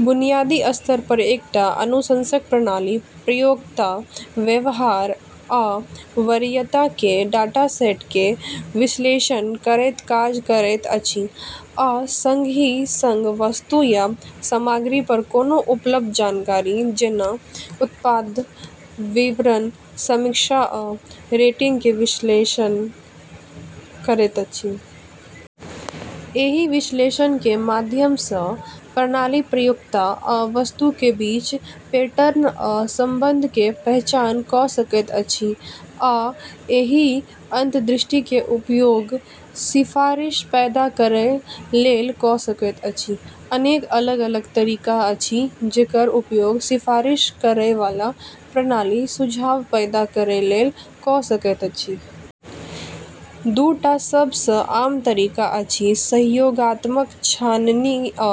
बुनियादी स्तर पर, एकटा अनुशंसक प्रणाली प्रयोक्ता व्यवहार आ वरीयता के डाटासेट के विश्लेषण करैत काज करैत अछि, आ संगहि संग वस्तु या सामग्री पर कोनो उपलब्ध जानकारी, जेना उत्पाद विवरण, समीक्षा आ रेटिंग के विश्लेषण करैत अछि। एहि विश्लेषण के माध्यम सँ प्रणाली प्रयोक्ता आ वस्तु के बीच पैटर्न आ संबंध के पहचान कऽ सकैत अछि आ एहि अंतर्दृष्टि के उपयोग सिफारिश पैदा करै लेल कऽ सकैत अछि। अनेक अलग-अलग तरीका अछि जेकर उपयोग सिफारिश करै वाला प्रणाली सुझाव पैदा करै लेल कऽ सकैत अछि। दू टा सब सँ आम तरीका अछि सहयोगात्मक छाननी आ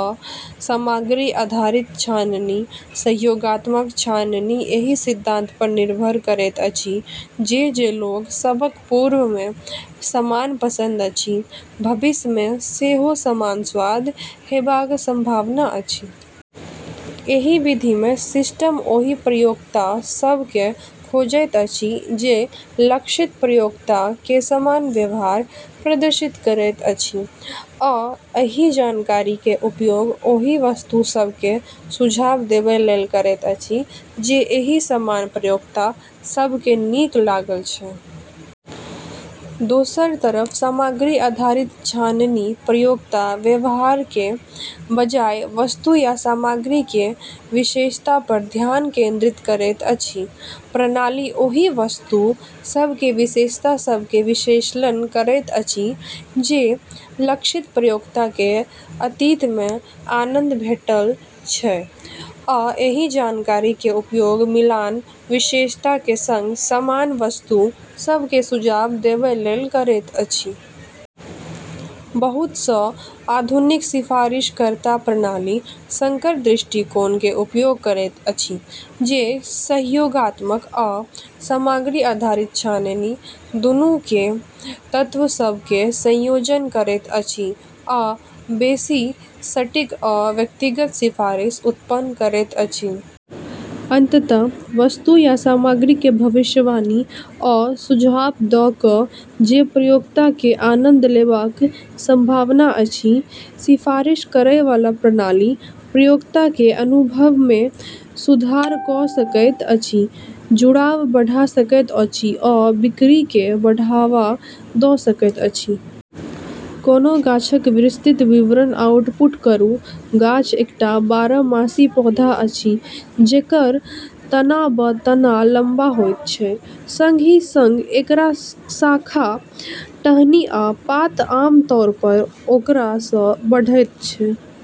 सामग्री आधारित छाननी। सहयोगात्मक छाननी एहि सिद्धांत पर निर्भर करैत अछि जे जे लोक सभक पूर्व मे समान पसंद अछि, भविष्य मे सेहो समान स्वाद हेबाक संभावना अछि। एहि विधि मे सिस्टम ओहि प्रयोक्ता सभ केँ खोजैत अछि जे लक्षित प्रयोक्ता के समान व्यवहार प्रदर्शित करैत अछि आ एहि जानकारी के उपयोग ओहि वस्तु सभ के सुझाव देबै लेल करैत अछि जे एहि समान प्रयोक्ता सभ केँ नीक लागल छै। दोसर तरफ सामग्री आधारित छाननी प्रयोक्ता व्यवहार के बजाय वस्तु या सामग्री के विशेषता पर ध्यान केंद्रित करैत अछि। प्रणाली ओहि वस्तु सभ के विशेषता सभ के विश्लेषण करैत अछि जे लक्षित प्रयोक्ता केँ अतीत मे आनंद भेटल छै आ एहि जानकारी के उपयोग मिलान विशेषता के संग समान वस्तु सभ के सुझाव देबै लेल करैत अछि। बहुत सँ आधुनिक सिफारिशकर्ता प्रणाली संकर दृष्टिकोण के उपयोग करैत अछि, जे सहयोगात्मक आ सामग्री आधारित छाननी दूनू के तत्व सभ के संयोजन करैत अछि आ बेसि सटीक आ व्यक्तिगत सिफारिश उत्पन्न करैत अछि। अंततः, वस्तु या सामग्री के भविष्यवाणी आ सुझाव दऽ कऽ जे प्रयोक्ता के आनंद लेबाक संभावना अछि, सिफारिश करै वाला प्रणाली प्रयोक्ता के अनुभव मे सुधार कऽ सकैत अछि, जुड़ाव बढ़ा सकैत अछि आ बिक्री केँ बढ़ावा दऽ सकैत अछि। कोनो गाछक विस्तृत विवरण आउटपुट करू। गाछ एकटा बारहमासी पौधा अछि जेकर तना वा तना लम्बा होइत छै, संगहि संग एकर शाखा, टहनी आ पात आम तौर पर ओकरा सँ बढ़ैत छै।